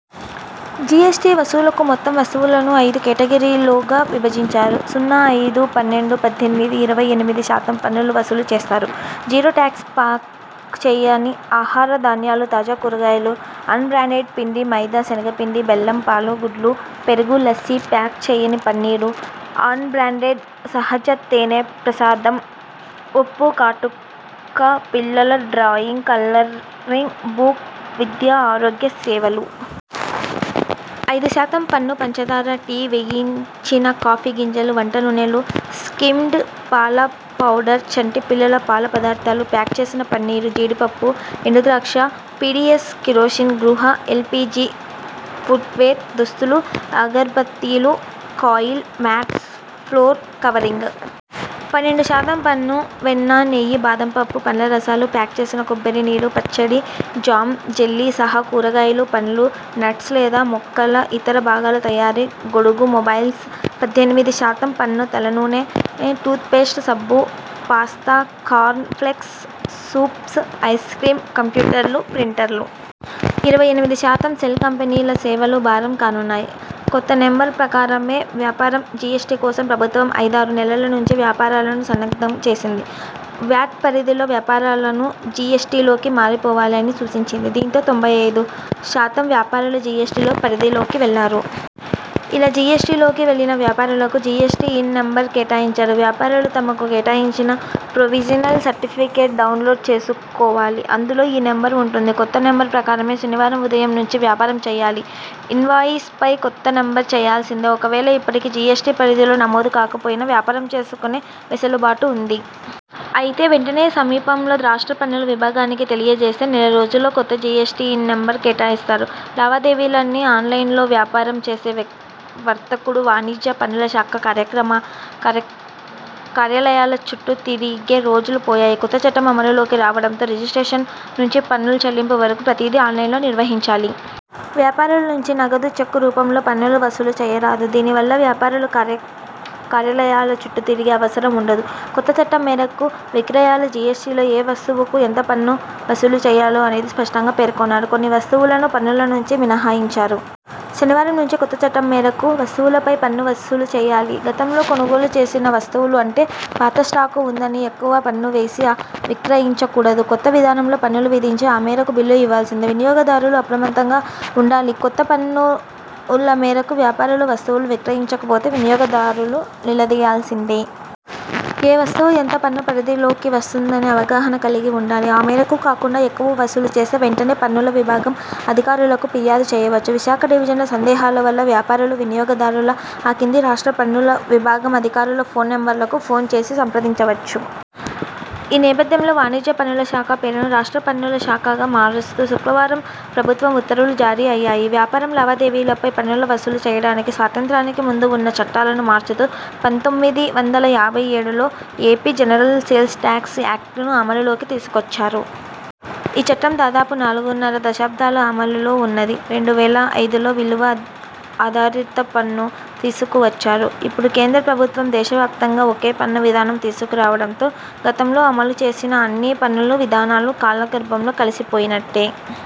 GST వసూలుకు మొత్తం వస్తువులను ఐదు కేటగిరీలుగా విభజించారు. సున్నా, ఐదు, పన్నెండు, పద్దెనిమిది, ఇరవై ఎనిమిది శాతం పన్నులు వసూలు చేస్తారు. జీరో టాక్స్ ప్యాక్ చేయని ఆహార ధాన్యాలు, తాజా కూరగాయలు, అన్ బ్రాండెడ్ పిండి, మైదా, శనగపిండి, బెల్లం, పాలు, గుడ్లు, పెరుగు, లస్సీ, ప్యాక్ చేయని పన్నీరు, అన్ బ్రాండెడ్ సహజ తేనె, ప్రసాదం, ఉప్పు, కాటుక, పిల్లల డ్రాయింగ్ కలరింగ్ బుక్, విద్య, ఆరోగ్య సేవలు. ఐదు శాతం పన్ను పంచాదార, టీ, వేయించిన కాఫీ గింజలు, వంట నూనెలు, స్కిమ్డ్ పాల పౌడర్, చంటి పిల్లల పాల పదార్థాలు, ప్యాక్ చేసిన పన్నీరు, జీడి పప్పు, ఎండు ద్రాక్ష, పీడీఎస్ కిరోసిన్, గృహ ఎల్పీజీ, ఫుట్వేర్, దుస్తులు, అగర్బత్తీలు, కాయిర్ మ్యాట్స్, ఫ్లోర్ కవరింగ్. పన్నెండు శాతం పన్ను.. వెన్న, నెయ్యి, బాదం పప్పు, పండ్లరసాలు, ప్యాక్ చేసిన కొబ్బరి నీరు, పచ్చడి, జామ్, జెల్లీ సహా కూరగాయలు, పండ్లు, నట్స్ లేదా మొక్కల ఇతర భాగాల తయారీ, గొడుగు, మొబైల్స్. పద్దెనిమిది శాతం పన్ను.. తలనూనె, టూత్ పేస్ట్, సబ్బు, pasta, corn flakes, soups, ice cream, కంప్యూటర్లు, ప్రింటర్లు. ఇరవై ఎనిమిది శాతం.. సెల్ కంపెనీల సేవలు భారం కానున్నాయి. కొత్త నంబర్ ప్రకారమే వ్యాపారం జీఎస్టీ కోసం ప్రభుత్వం ఐదారు నెలల నుంచి వ్యాపారులను సన్నద్ధం చేసింది. వ్యాట్ పరిధిలో వ్యాపారులను జీఎస్టీలోకి మారిపోవాలని సూచించింది. దీంతో తొంభై ఐదు శాతం వ్యాపారులు జీఎస్టీలో పరిధిలోకి వెళ్లారు. ఇలా జీఎస్టీలోకి వెళ్లిన వ్యాపారులకు జీఎస్టీ ఇన్ నంబర్ కేటాయించారు. వ్యాపారులు తమకు కేటాయించిన ప్రొవిజినల్ సర్టిఫికెట్ డౌన్లోడ్ చేసుకోవాలి. అందులో ఈ నంబర్ వుంటుంది. కొత్త నంబర్ ప్రకారమే శనివారం ఉదయం నుంచి వ్యాపారం చేయాలి. ఇన్వాయిస్ పై కొత్త నంబర్ వేయాల్సిందే. ఒకవేళ ఇప్పటికీ జీఎస్టీ పరిధిలో నమోదు కాకపోయినా వ్యాపారం చేసుకునే వెసులుబాటు వుంది. అయితే వెంటనే సమీపంలో రాష్ట్ర పన్నుల విభాగానికి తెలియజేస్తే నెల రోజుల్లో కొత్త జీఎస్టీ ఇన్ నంబరు కేటాయిస్తారు. లావాదేవీలన్నీ ఆన్లైన్లోవ్యాపారం చేసే వ్య వర్తకుడు వాణిజ్య పన్నుల శాఖ కార్యక్రమ కార్యాలయాల చుట్టూ తిరిగే రోజులు పోయాయి. కొత్తచట్టం అమలులోకి రావడంతో రిజిస్ట్రేషన్ నుంచి పన్నుల చెల్లింపు వరకు ప్రతిదీ ఆన్లైన్లో నిర్వహించాలి. వ్యాపారుల నుంచి నగదు, చెక్కు రూపంలో పన్నులు వసూలు చేయరాదు. దీని వల్ల వ్యాపారులు కార్య కార్యాలయాల చుట్టూ తిరిగే అవసరం వుండదు. కొత్త చట్టం మేరకు విక్రయాలు జీఎస్టీలో ఏ వస్తువుకు ఎంత పన్ను వసూలు చేయాలో అనేది స్పష్టంగా పేర్కొన్నారు. కొన్ని వస్తువులను పన్నుల నుంచి మినహాయించారు. శనివారం నుంచి కొత్త చట్టం మేరకు వస్తువులపై పన్ను వసూలుచేయాలి. గతంలో కొనుగోలు చేసిన వస్తువులు అంటే పాత స్టాకు వుందని ఎక్కువ పన్ను వేసి విక్రయించకూడదు. కొత్త విధానంలో పన్నులు విధించి ఆ మేరకు బిల్లు ఇవ్వాల్సిందే. వినియోగదారులు అప్రమత్తంగా వుండాలికొత్త పన్నుల మేరకు వ్యాపారులు వస్తువులు విక్రయించకపోతే వినియోగదారులు నిలదీయాల్సిందే. ఏ వస్తువు ఎంత పన్ను పరిధిలోకి వస్తుందనే అవగాహన కలిగి వుండాలి. ఆ మేరకు కాకుండా ఎక్కువ వసూలు చేస్తే వెంటనే పన్నుల విభాగం అధికారులకు ఫిర్యాదు చేయవచ్చు. విశాఖ డివిజన్లో సందేహాలు వల్ల వ్యాపారులు, వినియోగదారులు ఆ కింది రాష్ట్ర పన్నుల విభాగం అధికారుల ఫోన్ నంబర్లకు ఫోన్ చేసి సంప్రదించవచ్చు. ఈ నేపథ్యంలో వాణిజ్య పన్నుల శాఖ పేరును రాష్ట్ర పన్నుల శాఖగా మారుస్తూ శుక్రవారం ప్రభుత్వం ఉత్తర్వులు జారీ అయ్యాయి. వ్యాపారం లావాదేవీల పై పన్నులు వసూలు చేయడానికి స్వాతంత్ర్యానికి ముందు వున్న చట్టాలను మార్చుతూ పంతొమ్మిది వందల యాభై ఏడులో ఏపీ జనరల్ సేల్స్ టాక్స్ యాక్టును అమలులోకి తీసుకువచ్చారు. ఈ చట్టం దాదాపు నాలుగున్నర దశాబ్దాలు అమలులో వున్నది. రెండు వేల ఐదులో విలువ ఆధారితపన్ను తీసుకువచ్చారు. ఇప్పుడు కేంద్ర ప్రభుత్వం దేశవ్యాప్తంగా ఒకే పన్ను విధానం తీసుకురావడంతో గతంలో అమలు చేసిన అన్ని పన్నుల విధానాలు కాలగర్భంలో కలిసిపోయినట్టే.